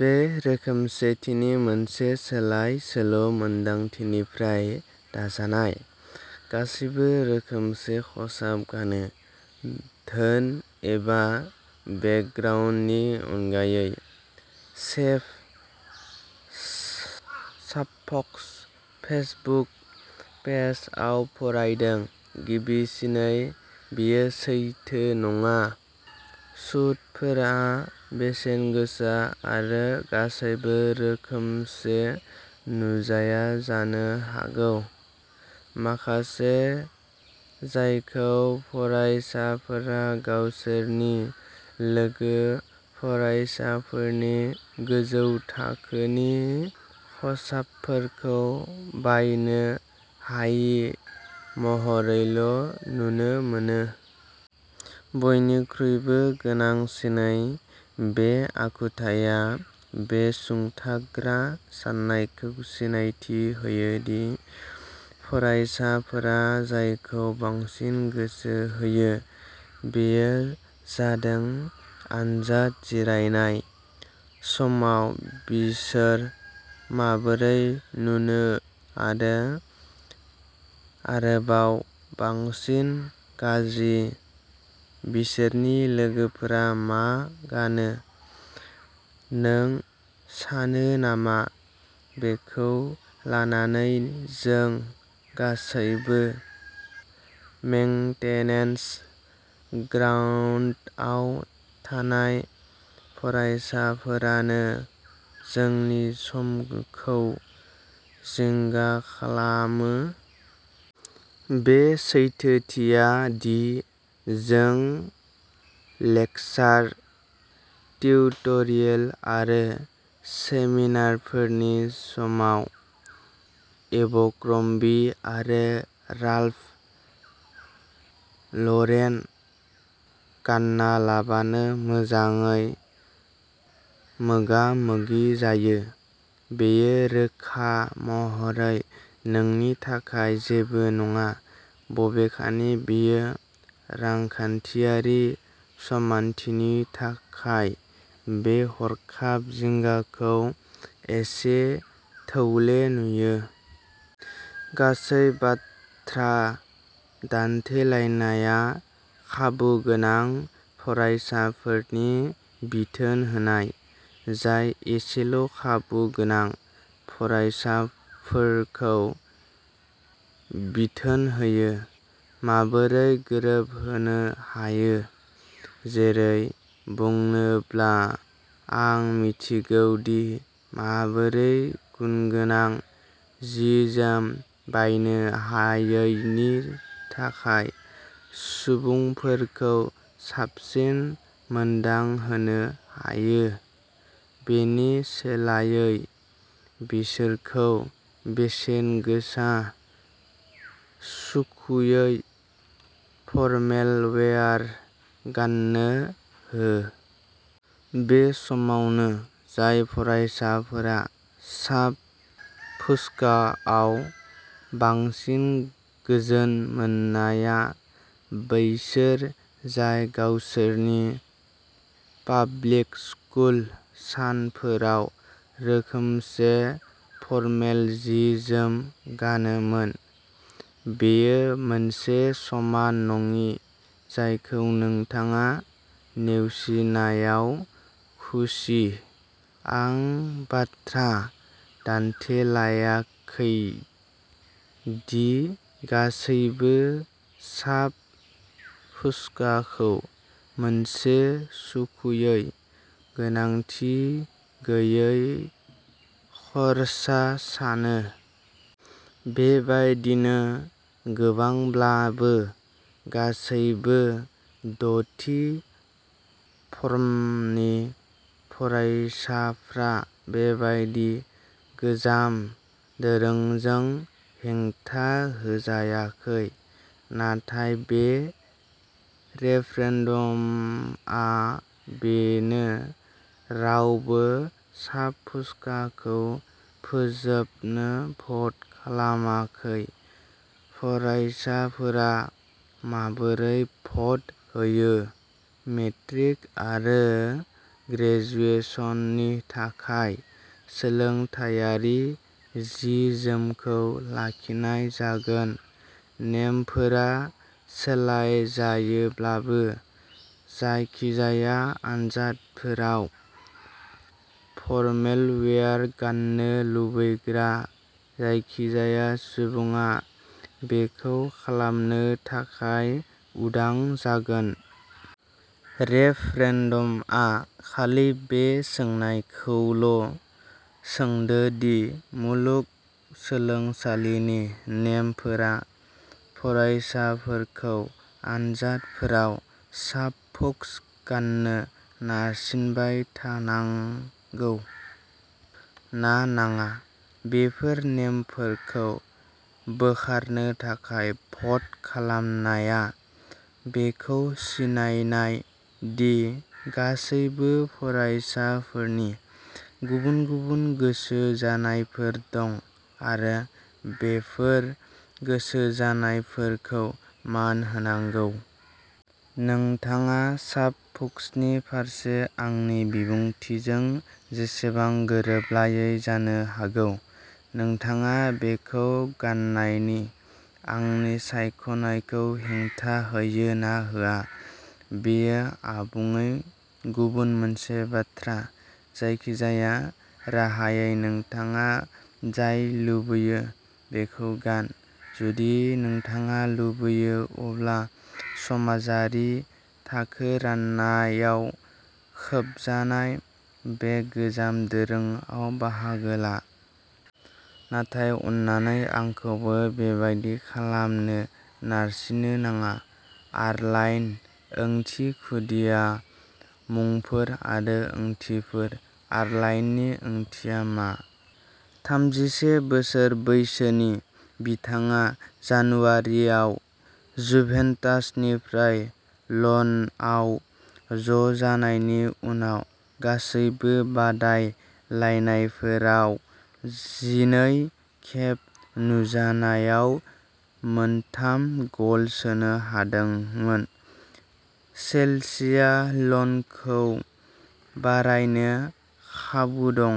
बे रोखोमसेथिनि मोनसे सोलाय-सोल' मोनदांथिनिफ्राय दाजानाय। गासैबो रोखोमसे खसाब गानो, धोन एबा बेकग्राउन्डनि अनगायै सेभ साबफस्क फेसबुक पेजआव फरायदों। गिबिसिनै, बेयो सैथो नङा सुटफोरा बेसेन गोसा आरो गासैबो रोखोमसे नुजाया जानो हागौ माखासे जायखौ फरायसाफोरा गावसोरनि लोगो फरायसाफोरनि गोजौ थाखोनि खसाबफोरखौ बायनो हायि महरैल' नुनो मोनो। बयनिख्रुइबो गोनांसिनै, बे आखुथाया बे सुंथाग्रा सान्नायखौ सिनायथि होयो दि फरायसाफोरा जायखौ बांसिन गोसो होयो बेयो जादों आनजाद जिरायनाय समाव बिसोर माबोरै नुनो आरो, आरोबाव बांसिन गाज्रि, बिसोरनि लोगोफोरा मा गानो। नों सानो नामा बेखौ लानानै जों गासैबो मेंटेनेन्स ग्रान्टआव थानाय फरायसाफोरानो जोंनि समखौ जिंगा खालामो? बे सैथोथिया दि जों लेकचार, टिउटरियेल आरो सेमिनारफोरनि समाव एबरक्र'म्बी आरो राल्फ लरेन गानालाबानो मोजाङै मोगा-मोगि जायो, बेयो रोखा महरै नोंनि थाखाय जेबो नङा बबेखानि बेयो रांखान्थियारि समानथिनि थाखाय बे हरखाब जिंगाखौ एसे थौले नुयो। गासै बाथ्रा दान्थेलायनाया खाबु गोनां फरायसाफोरनि बिथोन होनाय, जाय एसेल' खाबु गोनां फरायसाफोरखौ बिथोन होयो। माबोरै गोरोबहोनो हायो, जेरै बुंनोब्ला आं मिन्थिगौ दि माबोरै गुनगोनां जि-जोम बायनो हायैनि थाखाय सुबुंफोरखौ साबसिन मोनदांहोनो हायो; बेनि सोलायै बिसोरखौ बेसेन गोसा, सुखुयै, फरमेलवेयार गान्नो हो। बे समावनो, जाय फरायसाफोरा साब-फुसकाआव बांसिन गोजोन मोननाया बैसोर जाय गावसोरनि पाब्लिक-स्कुल सानफोराव रोखोमसे फरमेल जि-जोम गानोमोन, बेयो मोनसे समान नङि जायखौ नोंथाङा नेवसिनायाव खुसि। आं बाथ्रा दानथेलायाखै दि गासैबो साब-फुसकाखौ मोनसे सुखुयै, गोनांथि गैयै खर्सा सानो। बेबायदिनो, गोबांब्लाबो, गासैबो द'थि फर्मनि फरायसाफ्रा बेबादि गोजाम दोरोंजों हेंथा होजायाखै। नाथाय बे रेफरेन्डामआ बेनो। रावबो साब-फुसकाखौ फोजोबनो भ'ट खालामाखै। फरायसाफोरा माबोरै भ'ट होयो, मेट्रिक आरो ग्रेजुएशननि थाखाय सोलोंथायारि जि-जोमखौ लाखिनाय जागोन। नेमफोरा सोलायजायोब्लाबो, जायखिजाया आनजादफोराव फरमेलवेयार गान्नो लुबैग्रा जायखिजाया सुबुङा बेखौ खालामनो थाखाय उदां जागोन। रेफरेन्डमआ खालि बे सोंनायखौल' सोंदों दि मुलुगसोलोंसालिनि नेमफोरा फरायसाफोरखौ आनजादफोराव साब फुस्क गान्नो नारसिनबाय थानांगौ ना नाङा। बेफोर नेमफोरखौ बोखारनो थाखाय भ'ट खालामनाया बेखौ सिनायनाय दि गासिबो फरायसाफोरनि गुबुन गुबुन गोसो जानायफोर दं, आरो बेफोर गोसो जानायफोरखौ मान होनांगौ। नोंथाङा साब फुस्कनि फारसे आंनि बिबुंथिजों जेसेबां गोरोबलायै जानो हागौ, नोंथाङा बेखौ गान्नायनि आंनि सायख'नायखौ हेंथा होयो ना होआ, बेयो आबुङै गुबुन मोनसे बाथ्रा। जायखिजाया राहायै नोंथाङा जाय लुगैयो बेखौ गान। जुदि नोंथाङा लुबैयो अब्ला समाजारि थाखो राननायाव खोबजानाय बे गोजाम दोरोंआव बाहागो ला। नाथाय अन्नानै, आंखौबो बेबादि खालामनो नारसिननो नाङा। आर्लाइन ओंथि खुदिया मुंफोर आरो ओंथिफोर। आर्लाइननि ओंथिया मा? थामजिसे बोसोर बैसोनि बिथाङा जानुवारिआव जुभेन्टासनिफ्राय ल'नआव ज'जानायनि उनाव गासिबो बादायलायनायफोराव जिनै खेब नुजानायाव मोनथाम गल सोनो हादोंमोन। चेल्सिया ल'नखौ बारायनो खाबु दं।